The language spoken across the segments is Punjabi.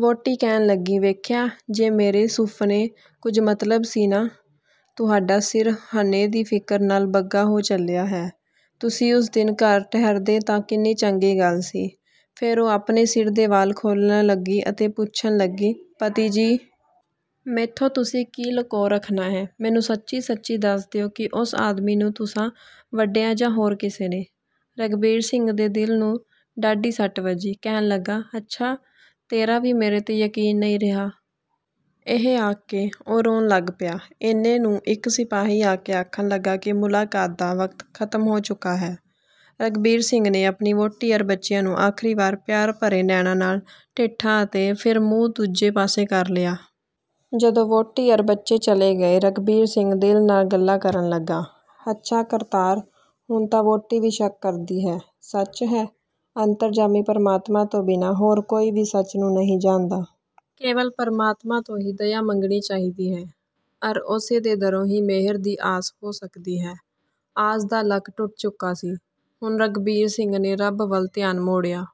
ਵਹੁਟੀ ਕਹਿਣ ਲੱਗੀ – "ਵੇਖਿਆ, ਜੇ ਮੇਰੇ ਸੁਫ਼ਨੇ ਕੁਝ ਮਤਲਬ ਸੀ ਨਾ? ਤੁਹਾਡਾ ਸਿਰ ਹਣੇ ਦੀ ਫ਼ਿਕਰ ਨਾਲ ਬੱਗਾ ਹੋ ਚਲਿਆ ਹੈ। ਤੁਸੀਂ ਉਸ ਦਿਨ ਘਰ ਠਹਿਰਦੇ ਤਾਂ ਕਿੰਨੀ ਚੰਗੀ ਗੱਲ ਸੀ।" ਫਿਰ ਉਹ ਆਪਣੇ ਸਿਰ ਦੇ ਵਾਲ ਖੋਲਣ ਲੱਗੀ ਅਤੇ ਪੁੱਛਣ ਲੱਗੀ – "ਪਤੀ ਜੀ! ਮੈਥੋਂ ਤੁਸੀਂ ਕੀ ਲੁਕੋ ਰੱਖਣਾ ਹੈ। ਮੈਨੂੰ ਸੱਚੀ-ਸੱਚੀ ਦੱਸ ਦਿਓ ਕਿ ਉਸ ਆਦਮੀ ਨੂੰ ਤੁਸਾਂ ਵੱਢਿਆ ਜਾਂ ਹੋਰ ਕਿਸੇ ਨੇ?" ਰਘਬੀਰ ਸਿੰਘ ਦੇ ਦਿਲ ਨੂੰ ਡਾਢੀ ਸੱਟ ਵੱਜੀ। ਕਹਿਣ ਲੱਗਾ – "ਹੱਛਾ! ਤੇਰਾ ਵੀ ਮੇਰੇ 'ਤੇ ਯਕੀਨ ਨਹੀਂ ਰਿਹਾ?" ਇਹ ਆਖ ਕੇ ਉਹ ਰੋਣ ਲੱਗ ਪਿਆ। ਇੰਨੇ ਨੂੰ ਇੱਕ ਸਿਪਾਹੀ ਆ ਕੇ ਆਖਣ ਲੱਗਾ ਕਿ "ਮੁਲਾਕਾਤ ਦਾ ਵਕਤ ਖਤਮ ਹੋ ਚੁੱਕਾ ਹੈ।" ਰਘਬੀਰ ਸਿੰਘ ਨੇ ਆਪਣੀ ਵਹੁਟੀ ਅਰ ਬੱਚਿਆਂ ਨੂੰ ਅਖ਼ੀਰੀ ਵਾਰ ਪਿਆਰ ਭਰੇ ਨੈਣਾਂ ਨਾਲ ਡਿੱਠਾ ਅਤੇ ਫਿਰ ਮੂੰਹ ਦੂਜੇ ਪਾਸੇ ਕਰ ਲਿਆ। ਜਦੋਂ ਵਹੁਟੀ ਅਰ ਬੱਚੇ ਚਲੇ ਗਏ, ਰਘਬੀਰ ਸਿੰਘ ਦਿਲ ਨਾਲ ਗੱਲਾਂ ਕਰਨ ਲੱਗਾ – "ਹੱਛਾ ਕਰਤਾਰ! ਹੁਣ ਤਾਂ ਵਹੁਟੀ ਵੀ ਸ਼ੱਕ ਕਰਦੀ ਹੈ। ਸੱਚ ਹੈ! ਅੰਤਰਜਾਮੀ ਪ੍ਰਮਾਤਮਾ ਤੋਂ ਬਿਨਾਂ ਹੋਰ ਕੋਈ ਵੀ ਸੱਚ ਨੂੰ ਨਹੀਂ ਜਾਣਦਾ। ਕੇਵਲ ਪ੍ਰਮਾਤਮਾ ਤੋਂ ਹੀ ਦਇਆ ਮੰਗਣੀ ਚਾਹੀਦੀ ਹੈ, ਅਰ ਉਸੇ ਦੇ ਦਰੋਂ ਹੀ ਮੇਹਰ ਦੀ ਆਸ ਹੋ ਸਕਦੀ ਹੈ।" ਆਸ ਦਾ ਲੱਕ ਟੁੱਟ ਚੁੱਕਾ ਸੀ। ਹੁਣ ਰਘਬੀਰ ਸਿੰਘ ਨੇ ਰੱਬ ਵੱਲ ਧਿਆਨ ਮੋੜਿਆ।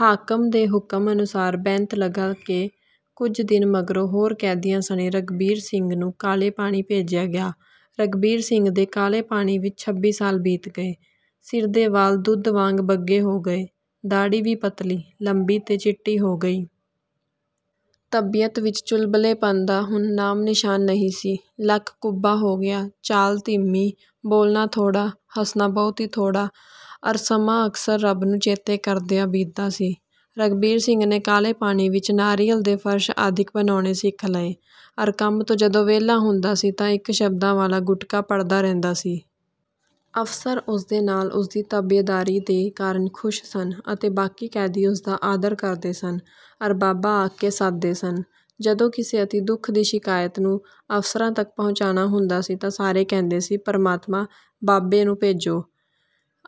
ਹਾਕਮ ਦੇ ਹੁਕਮ ਅਨੁਸਾਰ ਬੈਂਤ ਲਗਾ ਕੇ ਕੁਝ ਦਿਨ ਮਗਰੋਂ ਹੋਰ ਕੈਦੀਆਂ ਸਣੇ ਰਘਬੀਰ ਸਿੰਘ ਨੂੰ ਕਾਲੇ ਪਾਣੀ ਭੇਜਿਆ ਗਿਆ। ਰਘਬੀਰ ਸਿੰਘ ਦੇ ਕਾਲੇ ਪਾਣੀ ਵਿੱਚ ਛੱਬੀ ਸਾਲ ਬੀਤ ਗਏ। ਸਿਰ ਦੇ ਵਾਲ ਦੁੱਧ ਵਾਂਗ ਬੱਗੇ ਹੋ ਗਏ, ਦਾੜ੍ਹੀ ਵੀ ਪਤਲੀ, ਲੰਬੀ ਤੇ ਚਿੱਟੀ ਹੋ ਗਈ। ਤਬੀਅਤ ਵਿੱਚ ਚੁਲਬਲੇਪਣ ਦਾ ਹੁਣ ਨਾਮ-ਨਿਸ਼ਾਨ ਨਹੀਂ ਸੀ। ਲੱਕ ਕੁੱਬਾ ਹੋ ਗਿਆ, ਚਾਲ ਧੀਮੀ, ਬੋਲਣਾ ਥੋੜਾ, ਹੱਸਣਾ ਬਹੁਤ ਹੀ ਥੋੜਾ ਅਰ ਸਮਾਂ ਅਕਸਰ ਰੱਬ ਨੂੰ ਚੇਤੇ ਕਰਦਿਆਂ ਬੀਤਦਾ ਸੀ। ਰਘਬੀਰ ਸਿੰਘ ਨੇ ਕਾਲੇ ਪਾਣੀ ਵਿੱਚ ਨਾਰੀਅਲ ਦੇ ਫਰਸ਼ ਆਦਿਕ ਬਣਾਉਣੇ ਸਿੱਖ ਲਏ ਅਰ ਕੰਮ ਤੋਂ ਜਦੋਂ ਵੇਹਲਾ ਹੁੰਦਾ ਸੀ ਤਾਂ ਇੱਕ ਸ਼ਬਦਾਂ ਵਾਲਾ ਗੁਟਕਾ ਪੜ੍ਹਦਾ ਰਹਿੰਦਾ ਸੀ। ਅਫਸਰ ਉਸਦੇ ਨਾਲ ਉਸਦੀ ਤਾਬਿਆਦਾਰੀ ਦੇ ਕਾਰਨ ਖੁਸ਼ ਸਨ ਅਤੇ ਬਾਕੀ ਕੈਦੀ ਉਸਦਾ ਆਦਰ ਕਰਦੇ ਸਨ ਅਰ ਬਾਬਾ ਆਖ ਕੇ ਸੱਦਦੇ ਸਨ। ਜਦੋਂ ਕਿਸੇ ਅਤਿ ਦੁੱਖ ਦੀ ਸ਼ਿਕਾਇਤ ਨੂੰ ਅਫਸਰਾਂ ਤੱਕ ਪਹੁੰਚਾਣਾ ਹੁੰਦਾ ਸੀ ਤਾਂ ਸਾਰੇ ਕਹਿੰਦੇ ਸੀ – ਧਰਮਾਤਮਾ ਬਾਬੇ ਨੂੰ ਭੇਜੋ,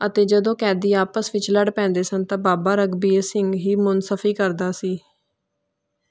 ਅਤੇ ਜਦੋਂ ਕੈਦੀ ਆਪਸ ਵਿੱਚ ਲੜ ਪੈਂਦੇ ਸਨ ਤਾਂ ਬਾਬਾ ਰਘਬੀਰ ਸਿੰਘ ਹੀ ਮੁਨਸਫ਼ੀ ਕਰਦਾ ਸੀ।